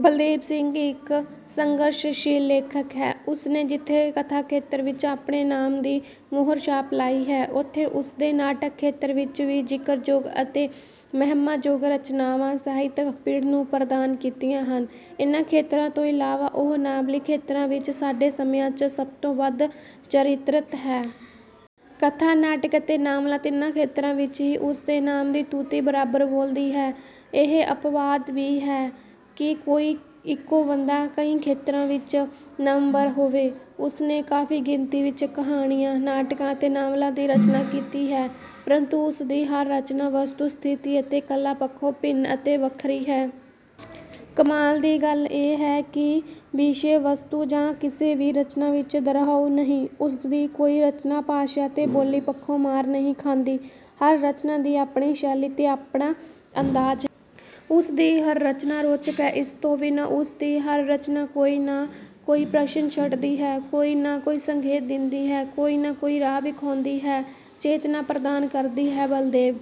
ਬਲਦੇਵ ਸਿੰਘ ਇੱਕ ਸੰਘਰਸ਼ਸ਼ੀਲ ਲੇਖਕ ਹੈ। ਉਸ ਨੇ ਜਿੱਥੇ ਕਥਾ-ਖੇਤਰ ਵਿੱਚ ਆਪਣੇ ਨਾਮ ਦੀ ਮੋਹਰਛਾਪ ਲਾਈ ਹੈ, ਉੱਥੇ ਉਸ ਦੇ ਨਾਟਕ-ਖੇਤਰ ਵਿੱਚ ਵੀ ਜ਼ਿਕਰਯੋਗ ਅਤੇ ਮਹਿਮਾਯੋਗ ਰਚਨਾਵਾਂ ਸਾਹਿਤਕ-ਪਿੜ ਨੂੰ ਪ੍ਰਦਾਨ ਕੀਤੀਆਂ ਹਨ। ਇਨ੍ਹਾਂ ਖੇਤਰਾਂ ਤੋਂ ਇਲਾਵਾ ਉਹ ਨਾਵਲੀ-ਖੇਤਰਾ ਵਿੱਚ ਸਾਡੇ ਸਮਿਆਂ 'ਚ ਸਭ ਤੋਂ ਵੱਧ ਚਰੀਤਰਤ ਹੈ। ਕਥਾ, ਨਾਟਕ ਅਤੇ ਨਾਵਲਾ ਤਿੰਨਾਂ ਖੇਤਰਾਂ ਵਿੱਚ ਹੀ ਉਸ ਦੇ ਨਾਮ ਦੀ ਤੂਤੀ ਬਰਾਬਰ ਬੋਲਦੀ ਹੈ। ਇਹ ਅਪਵਾਦ ਵੀ ਹੈ ਕਿ ਕੋਈ ਇੱਕੋ ਬੰਦਾ ਕਈ ਖੇਤਰਾਂ ਵਿੱਚ ਨਾਮਵਰ ਹੋਵੇ। ਉਸ ਨੇ ਕਾਫੀ ਗਿਣਤੀ ਵਿੱਚ ਕਹਾਣੀਆਂ, ਨਾਟਕਾਂ ਅਤੇ ਨਾਵਲਾਂ ਦੀ ਰਚਨਾ ਕੀਤੀ ਹੈ, ਪ੍ਰੰਤੂ ਉਸ ਦੀ ਹਰ ਰਚਨਾ ਵਸਤੂ-ਸਥਿਤੀ ਅਤੇ ਕਲਾ ਪੱਖੋਂ ਭਿੰਨ ਅਤੇ ਵੱਖਰੀ ਹੈ। ਕਮਾਲ ਦੀ ਗੱਲ ਇਹ ਹੈ ਕਿ ਵਿਸ਼ੇ-ਵਸਤੂ ਜਾ ਕਿਸੇ ਵੀ ਰਚਨਾ ਵਿੱਚ ਦੁਹਰਾਓ ਨਹੀਂ। ਉਸ ਦੀ ਕੋਈ ਰਚਨਾ ਭਾਸ਼ਾ ਅਤੇ ਬੋਲੀ ਪੱਖੋਂ ਮਾਰ ਨਹੀਂ ਖਾਂਦੀ। ਹਰ ਰਚਨਾ ਦੀ ਆਪਣੀ ਸ਼ੈਲੀ ਅਤੇ ਆਪਣਾ ਅੰਦਾਜ਼ ਹੈ। ਉਸ ਦੀ ਹਰ ਰਚਨਾ ਰੌਚਕ ਹੈ, ਇਸ ਤੋਂ ਬਿਨਾਂ ਉਸ ਦੀ ਹਰ ਰਚਨਾ ਕੋਈ ਨਾ ਕੋਈ ਪ੍ਰਸ਼ਨ ਛੱਡਦੀ ਹੈ, ਕੋਈ ਨਾ ਕੋਈ ਸੰਕੇਤ ਦਿੰਦੀ ਹੈ, ਕੋਈ ਨਾ ਕੋਈ ਰਾਹ ਵਿਖਾਉਂਦੀ ਹੈ, ਚੇਤਨਾ ਪ੍ਰਦਾਨ ਕਰਦੀ ਹੈ। ਬਲਦੇਵ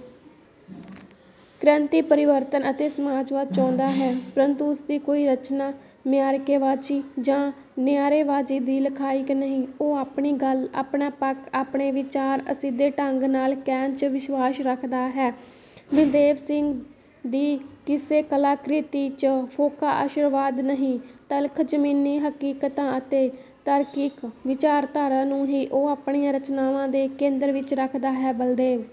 ਕ੍ਰਾਂਤੀ, ਪਰਿਵਰਤਨ ਅਤੇ ਸਮਾਜਵਾਦ ਚਾਹੁੰਦਾ ਹੈ, ਪ੍ਰੰਤੂ ਉਸ ਦੀ ਕੋਈ ਰਚਨਾ ਮਾਅਰਕੇਬਾਜ਼ੀ ਜਾਂ ਨਾਅਰੇਬਾਜ਼ੀ ਦੀ ਲਖ਼ਾਇਕ ਨਹੀਂ। ਉਹ ਆਪਣੀ ਗੱਲ, ਆਪਣਾ ਪੱਖ, ਆਪਣੇ ਵਿਚਾਰ ਅਸਿੱਧੇ ਢੰਗ ਨਾਲ ਕਹਿਣ 'ਚ ਵਿਸ਼ਵਾਸ ਰੱਖਦਾ ਹੈ। ਬਲਦੇਵ ਸਿੰਘ ਦੀ ਕਿਸੇ ਕਲਾ-ਕ੍ਰਿਤੀ 'ਚ ਫੋਕਾ ਆਸ਼ੀਰਵਾਦ ਨਹੀਂ, ਤਲਖ਼ ਜ਼ਮੀਨੀ ਹਕੀਕਤਾਂ ਅਤੇ ਤਾਰਕਿਕ ਵਿਚਾਰਧਾਰਾ ਨੂੰ ਹੀ ਉਹ ਆਪਣੀਆਂ ਰਚਨਾਵਾਂ ਦੇ ਕੇਂਦਰ ਵਿੱਚ ਰੱਖਦਾ ਹੈ। ਬਲਦੇਵ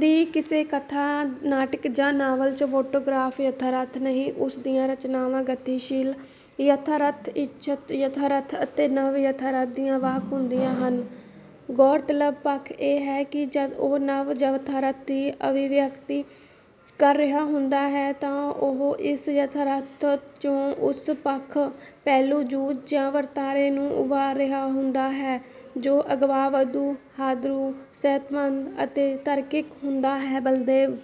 ਦੀ ਕਿਸੇ ਕਥਾ, ਨਾਟਕ ਜਾਂ ਨਾਵਲ 'ਚ ਫੋਟੋਗ੍ਰਾਫਕ ਯਥਾਰਥ ਨਹੀਂ, ਉਸ ਦੀਆਂ ਰਚਨਾਵਾਂ ਗਤੀਸ਼ੀਲ-ਯਥਾਰਥ, ਇੱਛਤ-ਯਥਾਰਥ ਅਤੇ ਨਵ-ਯਥਾਰਥ ਦੀਆਂ ਵਾਹਕ ਹੁੰਦੀਆਂ ਹਨ। ਗ਼ੌਰਤਲਬ ਪੱਖ ਇਹ ਹੈ ਕਿ ਜਦ ਉਹ ਨਵ-ਯਥਾਰਥ ਦੀ ਅਭਿਵਿਅਕਤੀ ਕਰ ਰਿਹਾ ਹੁੰਦਾ ਹੈ ਤਾਂ ਉਹ ਇਸ ਯਥਾਰਥ 'ਚੋਂ ਉਸ ਪੱਖ, ਪਹਿਲੂ, ਜੁਜ਼ ਜਾਂ ਵਰਤਾਰੇ ਨੂੰ ਉਭਾਰ ਰਿਹਾ ਹੁੰਦਾ ਹੈ, ਜੋ ਅਗਾਂਹਵਧੂ, ਹਾਂਦਰੂ, ਸਿਹਤਮੰਦ ਅਤੇ ਤਾਰਕਿਕ ਹੁੰਦਾ ਹੈ। ਬਲਦੇਵ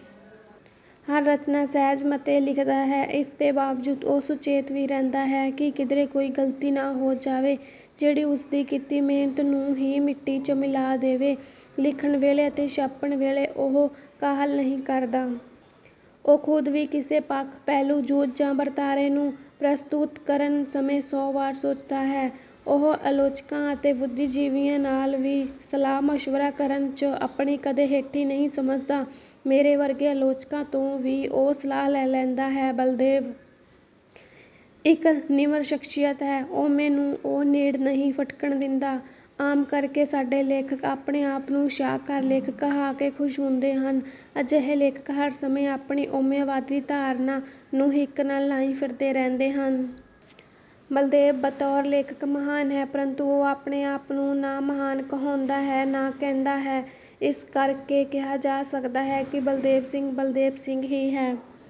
ਹਰ ਰਚਨਾ ਸਹਿਜ-ਮਤੇ ਲਿਖਦਾ ਹੈ, ਇਸ ਦੇ ਬਾਵਜੂਦ ਉਹ ਸੁਚੇਤ ਵੀ ਰਹਿੰਦਾ ਹੈ ਕਿ ਕਿਧਰੇ ਕੋਈ ਗ਼ਲਤੀ ਨਾ ਹੋ ਜਾਵੇ, ਜਿਹੜੀ ਉਸ ਦੀ ਕੀਤੀ ਮਿਹਨਤ ਨੂੰ ਹੀ ਮਿੱਟੀ 'ਚ ਮਿਲਾ ਦੇਵੇ। ਲਿਖਣ ਵੇਲੇ ਅਤੇ ਛਾਪਣ ਵੇਲੇ ਉਹ ਕਾਹਲ ਨਹੀਂ ਕਰਦਾ। ਉਹ ਖ਼ੁਦ ਵੀ ਕਿਸੇ ਪੱਖ, ਪਹਿਲੂ, ਜੁਜ਼ ਜਾਂ ਵਰਤਾਰੇ ਨੂੰ ਪ੍ਰਸਤੁਤ ਕਰਨ ਸਮੇਂ ਸੌ ਵਾਰ ਸੋਚਦਾ ਹੈ। ਉਹ ਆਲੋਚਕਾਂ ਅਤੇ ਬੁੱਧੀਜੀਵੀਆਂ ਨਾਲ ਵੀ ਸਲਾਹ-ਮਸ਼ਵਰਾ ਕਰਨ 'ਚ ਆਪਣੀ ਕਦੇ ਹੇਠੀ ਨਹੀਂ ਸਮਝਦਾ। ਮੇਰੇ ਵਰਗੇ ਆਲੋਚਕਾਂ ਤੋਂ ਵੀ ਉਹ ਸਲਾਹ ਲੈ ਲੈਂਦਾ ਹੈ। ਬਲਦੇਵ ਇੱਕ ਨਿਮਰ ਸ਼ਖ਼ਸੀਅਤ ਹੈ। ਹਉਮੈ ਨੂੰ ਉਹ ਨੇੜ ਨਹੀਂ ਫ਼ਟਕਣ ਦਿੰਦਾ। ਆਮ ਕਰ ਕੇ ਸਾਡੇ ਲੇਖਕ ਆਪਣੇ ਆਪ ਨੂੰ ਸ਼ਾਹਕਾਰ ਲੇਖਕ ਕਹਾ ਕੇ ਖੁਸ਼ ਹੁੰਦੇ ਹਨ। ਅਜਿਹੇ ਲੇਖਕ ਹਰ ਸਮੇਂ ਆਪਣੀ ਹਉਮੈਵਾਦੀ ਧਾਰਨਾ ਨੂੰ ਹਿੱਕ ਨਾਲ ਲਾਈ ਫਿਰਦੇ ਰਹਿੰਦੇ ਹਨ। ਬਲਦੇਵ ਬਤੌਰ ਲੇਖਕ ਮਹਾਨ ਹੈ, ਪ੍ਰੰਤੂ ਉਹ ਆਪਣੇ ਆਪ ਨੂੰ ਨਾ ਮਹਾਨ ਕਹਾਉਂਦਾ ਹੈ, ਨਾ ਕਹਿੰਦਾ ਹੈ। ਇਸ ਕਰ ਕੇ ਕਿਹਾ ਜਾ ਸਕਦਾ ਹੈ ਕਿ ਬਲਦੇਵ ਸਿੰਘ 'ਬਲਦੇਵ ਸਿੰਘ' ਹੀ ਹੈ।